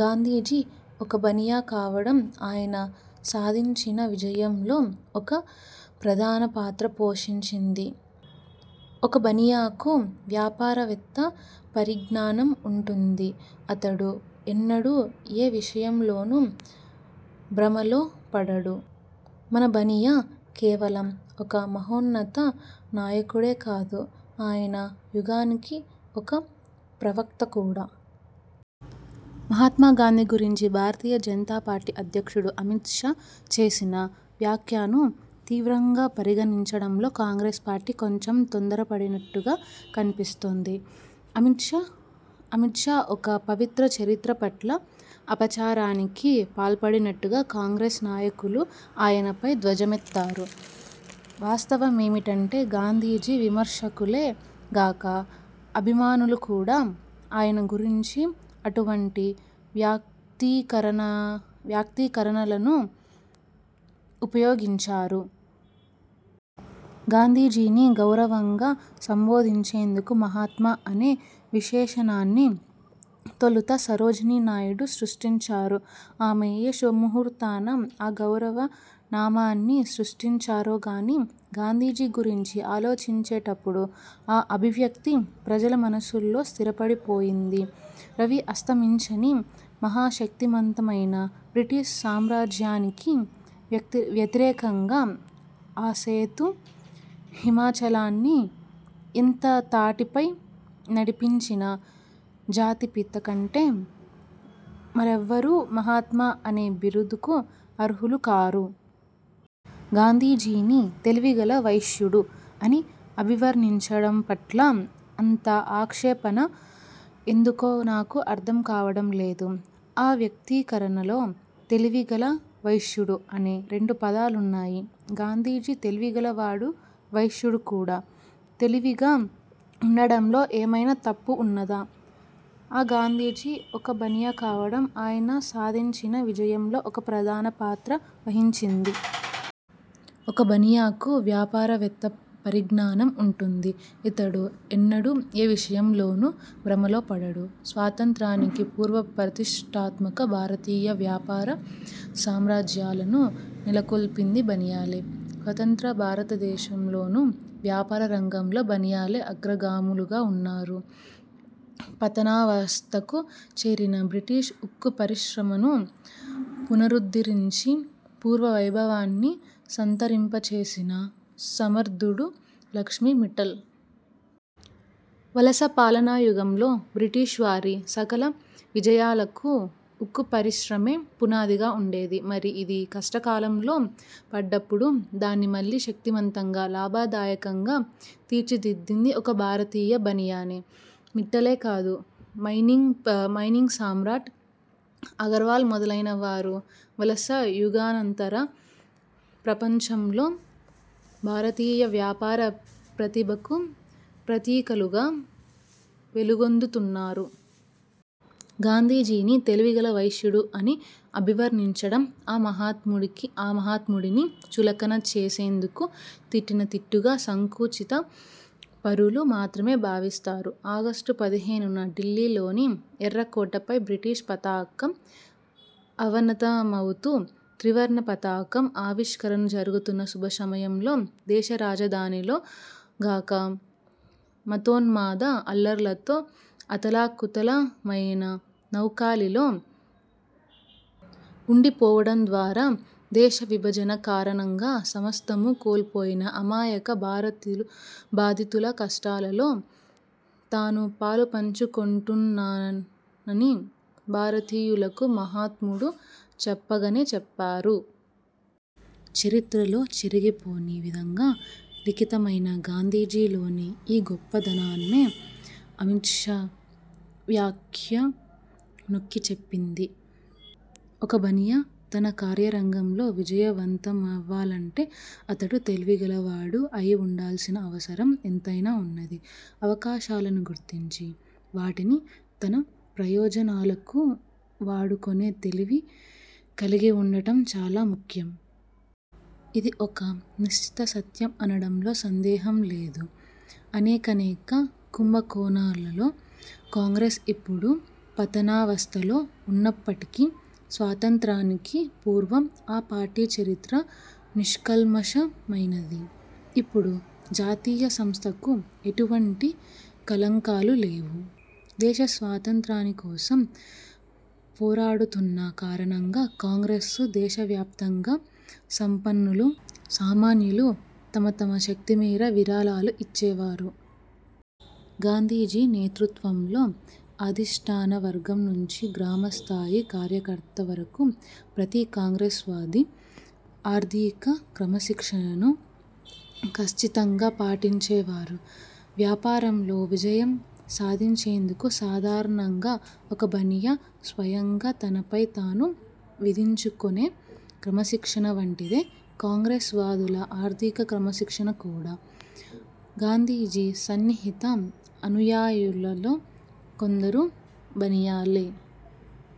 గాంధీజీ ఒక బనియా కావడం ఆయన సాధించిన విజయంలో ఒక ప్రధాన పాత్ర వహించింది. ఒక బనియా కు వ్యాపారవేత్త పరిజ్ఞానం వుంటుంది అతడు ఎన్నడూ ఏ విషయంలోనూ భ్రమలలో పడడు. మన 'బనియా' కేవలం ఒక మహోన్నత నాయకుడే కాదు, తన యుగానికి ఒక ప్రవక్త కూడా. మహాత్మా గాంధీ గురించి భారతీయ జనతా పార్టీ అధ్యక్షుడు అమిత్ షా చేసిన వ్యాఖ్య ను తీవ్రంగా పరిగణించడంలో కాంగ్రెస్ పార్టీ కొంచెం తొందరపడినట్టుగా కన్పిస్తోంది. అమిత్ షా ఒక పవిత్ర చరిత్ర పట్ల అపచారానికి పాల్పడినట్టుగా కాంగ్రెస్ నాయకులు ఆయనపై ధ్వజమెత్తారు. వాస్తవమేమిటంటే గాంధీజీ విమర్శకులే గాక అభిమానులు కూడా ఆయన గురించి అటువంటి వ్యక్తీకరణలను ఉపయోగించారు. గాంధీజీని గౌరవంగా సంబోధించేందుకు 'మహాత్మా' అనే విశేషణాన్ని తొలుత సరోజినీ నాయుడు సృష్టించారు. ఆమె ఏ శుభముహూర్తాన ఆ గౌరవ నామాన్ని సృష్టించారో గానీ, గాంధీజీ గురించి ఆలోచించేటప్పుడు ఆ అభివ్యక్తి ప్రజల మనస్సుల్లో స్థిరపడిపోయింది. రవి అస్తమించని, మహాశక్తిమంతమైన బ్రిటిష్ సామ్రాజ్యానికి వ్యతిరేకంగా ఆసేతు హిమచలాన్ని ఏక తాటిపై నడిపించిన 'జాతిపిత' కంటే మరెవ్వరూ 'మహాత్మా'అనే బిరుదుకు అర్హులు కారు. గాంధీజీని 'తెలివిగల వైశ్యుడు' అని అభివర్ణించడం పట్ల అంత ఆక్షేపణ ఎందుకో నాకు అర్థం కావడం లేదు. ఆ వ్యక్తీకరణలో 'తెలివిగల', 'వైశ్యుడు' అనే రెండు పదాలున్నాయి. గాంధీజీ తెలివిగల వాడూ, వైశ్యుడూ కూడా. తెలివిగా వుండడంలో ఏమైనా తప్పు వున్నదా? ఆ గాంధీజీ ఒక బనియా కావడం, ఆయన సాధించిన విజయంలో ఒక ప్రధాన పాత్ర వహించింది. ఒక బనియా కు వ్యాపారవేత్త పరిజ్ఞానం వుంటుంది ఇతడు ఎన్నడూ ఏ విషయంలోనూ భ్రమలలో పడడు. స్వాతంత్యానికి పూర్వం ప్రతిష్ఠాత్మక భారతీయ వ్యాపార సామ్రాజ్యాలను నెలకొల్పింది బనియాలే. స్వతంత్ర భారతదేశంలోనూ వ్యాపార రంగంలో బనియాలే అగ్రగాములుగా వున్నారు. పతనావస్థకు చేరిన బ్రిటిష్ ఉక్కు పరిశ్రమను పునరుద్ధరించి పూర్వ వైభవాన్ని సంతరింపచేసిన సమర్థుడు లక్ష్మీ మిట్టల్. వలస పాలనాయుగంలో బ్రిటిష్వారి సకల విజయాలకు ఉక్కు పరిశ్రమే పునాదిగా వుండేది. మరి అది కష్టకాలంలో పడ్డప్పుడు దాన్ని మళ్ళీ శక్తిమంతంగా, లాభదాయకంగా తీర్చిదిద్దింది ఒక భారతీయ బనియానే. మిట్టలే కాదు, మైనింగ్ సమ్రాట్ అగర్వాల్ మొదలైన వారు వలస యుగానంతర ప్రపంచంలో భారతీయ వ్యాపార ప్రతిభకు ప్రతీకలుగా వెలుగొందుతున్నారు. గాంధీజీని 'తెలివిగల వైశ్యుడు' అని అభివర్ణించడం ఆ మహాత్ముడిని చులకన చేసేందుకు తిట్టిన తిట్టుగా సంకుచిత పరులు మాత్రమే భావిస్తారు. ఆగస్టు పదిహేనున ఢిల్లీలోని ఎర్రకోటపై బ్రిటిష్ పతాకం అవనతమవుతూ, త్రివర్ణ పతాకం ఆవిష్కరణ జరుగుతున్న శుభ సమయంలో దేశరాజధానిలో గాక మతోన్మాద అల్లర్లతో అతలాకుతలమయిన నౌఖాళీ లో వుండిపోవడం ద్వారా దేశవిభజన కారణంగా సమస్తమూ కోల్పోయిన అమాయక బాధితుల కష్టాలలో తాను పాలు పంచుకొంటున్నానని భారతీయులకు మహాత్ముడు చెప్పకనే చెప్పారు. చరిత్రలో చెరిగిపోని విధంగా లిఖితమైన గాంధీజీలోని ఈ గొప్పదనాన్నే అమిత్ షా వ్యాఖ్య నొక్కి చెప్పింది. ఒక బనియా తన కార్యరంగంలో విజయవంతమవ్వాలంటే అతడు 'తెలివిగల వాడు' అయివుండాల్సిన అవసరం ఎంతైనా వున్నది. అవకాశాలను గుర్తించి, వాటిని తన ప్రయోజనాలకు వాడుకొనే తెలివి కలిగివుండటం చాలా ముఖ్యం. ఇది ఒక నిశ్చిత సత్యం అనడంలో సందేహం లేదు. అనేకానేక కుంభకోణాలతో కాంగ్రెస్ ఇప్పుడు పతనావస్థలో ఉన్నప్పటికీ స్వాతంత్య్రానికి పూర్వం ఆ పార్టీ చరిత్ర నిష్కల్మషమైనది. ఇప్పుడు ఆ జాతీయ సంస్థకు ఎటువంటి కళంకాలు లేవు. దేశ స్వాతంత్య్రాని కోసం పోరాడుతున్న కారణంగా కాంగ్రెస్కు దేశవ్యాప్తంగా సంపన్నులు, సామాన్యులు తమ తమ శక్తి మేర విరాళాలు ఇచ్చేవారు. గాంధీజీ నేతృత్వంలో, అధిష్ఠాన వర్గం నుంచి గ్రామ స్థాయి కార్యకర్త వరకు ప్రతి కాంగ్రెస్వాదీ ఆర్థిక క్రమశిక్షణను ఖచ్చితంగా పాటించేవారు. వ్యాపారంలో విజయం సాధించేందుకు సాధారణంగా ఒక బనియా స్వయంగా తనపై తాను విధించుకొనే క్రమశిక్షణ వంటిదే కాంగ్రెస్ వాదుల ఆర్థిక క్రమశిక్షణ కూడా. గాంధీజీ సన్నిహిత అనుయాయులలో కొందరు బనియాలే.